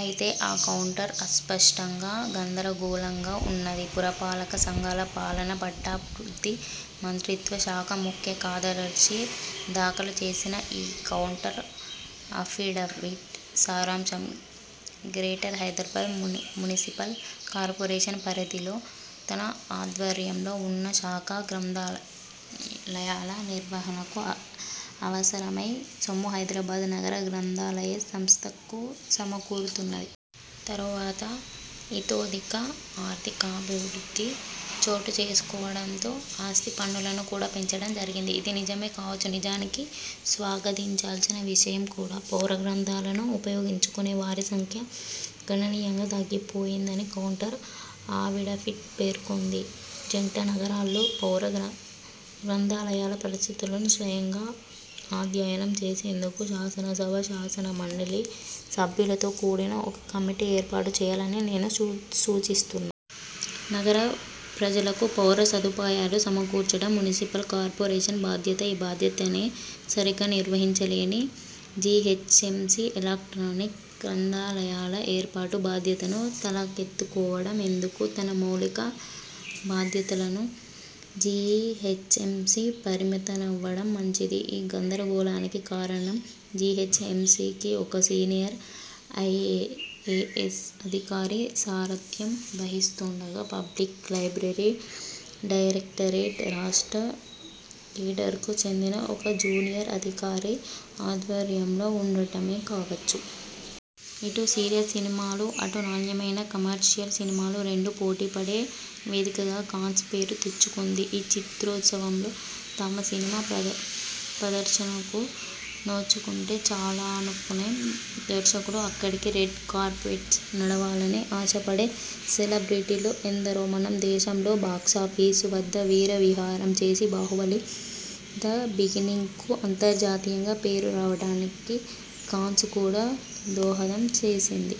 అయితే ఆ కౌంటర్ అస్పష్టంగా, గందరగోళంగా ఉన్నది. పురపాలక సంఘాల పాలన, పట్టణాభివృద్ధి మంత్రిత్వ శాఖ ముఖ్య కారదర్శి దాఖలుచేసిన ఈ కౌంటర్ అఫిడవిట్ సారాంశం: గ్రేటర్ హైదరాబాద్ మునిసిపల్ కార్పొరేషన్ పరిధిలో తన ఆధ్వర్యంలో వున్న శాఖా గ్రంథాలయాల నిర్వహణకు అవసరమై సొమ్ము హైదరాబాద్ నగర గ్రంథాలయ సంస్థకు సమకూరుతున్నది. తరువాత ఇతోధిక ఆర్థికాభివృద్ధి చోటుచేసుకోవడంతో ఆస్తిపన్నులను కూడా పెంచడం జరిగింది. ఇది నిజమే కావచ్చు. నిజానికి స్వాగతించవల్సిన విషయం కూడా. పౌర గ్రంథాలను ఉపయోగించుకొనేవారి సంఖ్య గణనీయంగా తగ్గిపోయిందని కౌంటర్ అఫిడవిట్ పేర్కొంది. జంటనగరాల్లో పౌర గ్రంథాలయాల పరిస్థితులను స్వయంగా అధ్యయనం చేసేందుకు శాసనసభ, శాసన మండలి సభ్యులతో కూడిన ఒక కమిటీ ఏర్పాటు చేయాలని నేను సూచిస్తు. నగర ప్రజలకు పౌరసదుపాయాలు సమకూర్చడం మునిసిపల్ కార్పొరేషన్ బాధ్యత. ఈ బాధ్యతనే సరిగ్గా నిర్వహించలేని జీహెచ్ఎంసీ ఎలక్ట్రానిక్ గ్రంథాలయాల ఏర్పాటు బాధ్యతను తలకెత్తుకోవడం ఎందుకు? తన మౌలిక బాధ్యతలకు జీహెచ్ఎంసీ పరిమితమవ్వడం మంచిది. ఈ గందరగోళానికి కారణం జీహెచ్ఎంసీకి ఒక సీనియర్ ఐఏఎస్ అధికారి సారథ్యం వహిస్తుండగా పబ్లిక్ లైబ్రరీ డైరెక్టరేట్ రాష్ట్ర కేడర్కు చెందిన ఒక జూనియర్ అధికారి ఆధ్వర్యంలో వుండడమే కావచ్చు. ఇటు సీరియస్ సినిమాలు, అటు నాణ్యమైన కమర్షియల్ సినిమాలు రెండూ పోటీపడే వేదికగా కాన్స్ పేరు తెచ్చుకుంది. ఈ చిత్రోత్సవంలో తమ సినిమా ప్రదర్శనకు నోచుకుంటే చాలనుకొనే దర్శకులు, అక్కడి రెడ్ కార్పెట్పై నడవాలని ఆశపడే సెలబ్రిటీలు ఎందరో! మన దేశంలో బాక్సాఫీస్ వద్ద వీర విహారం చేసి 'బాహుబలి: ద బిగినింగ్'కు అంతర్జాతీయంగా పేరు రావడానికి కాన్స్ కూడా దోహదం చేసింది.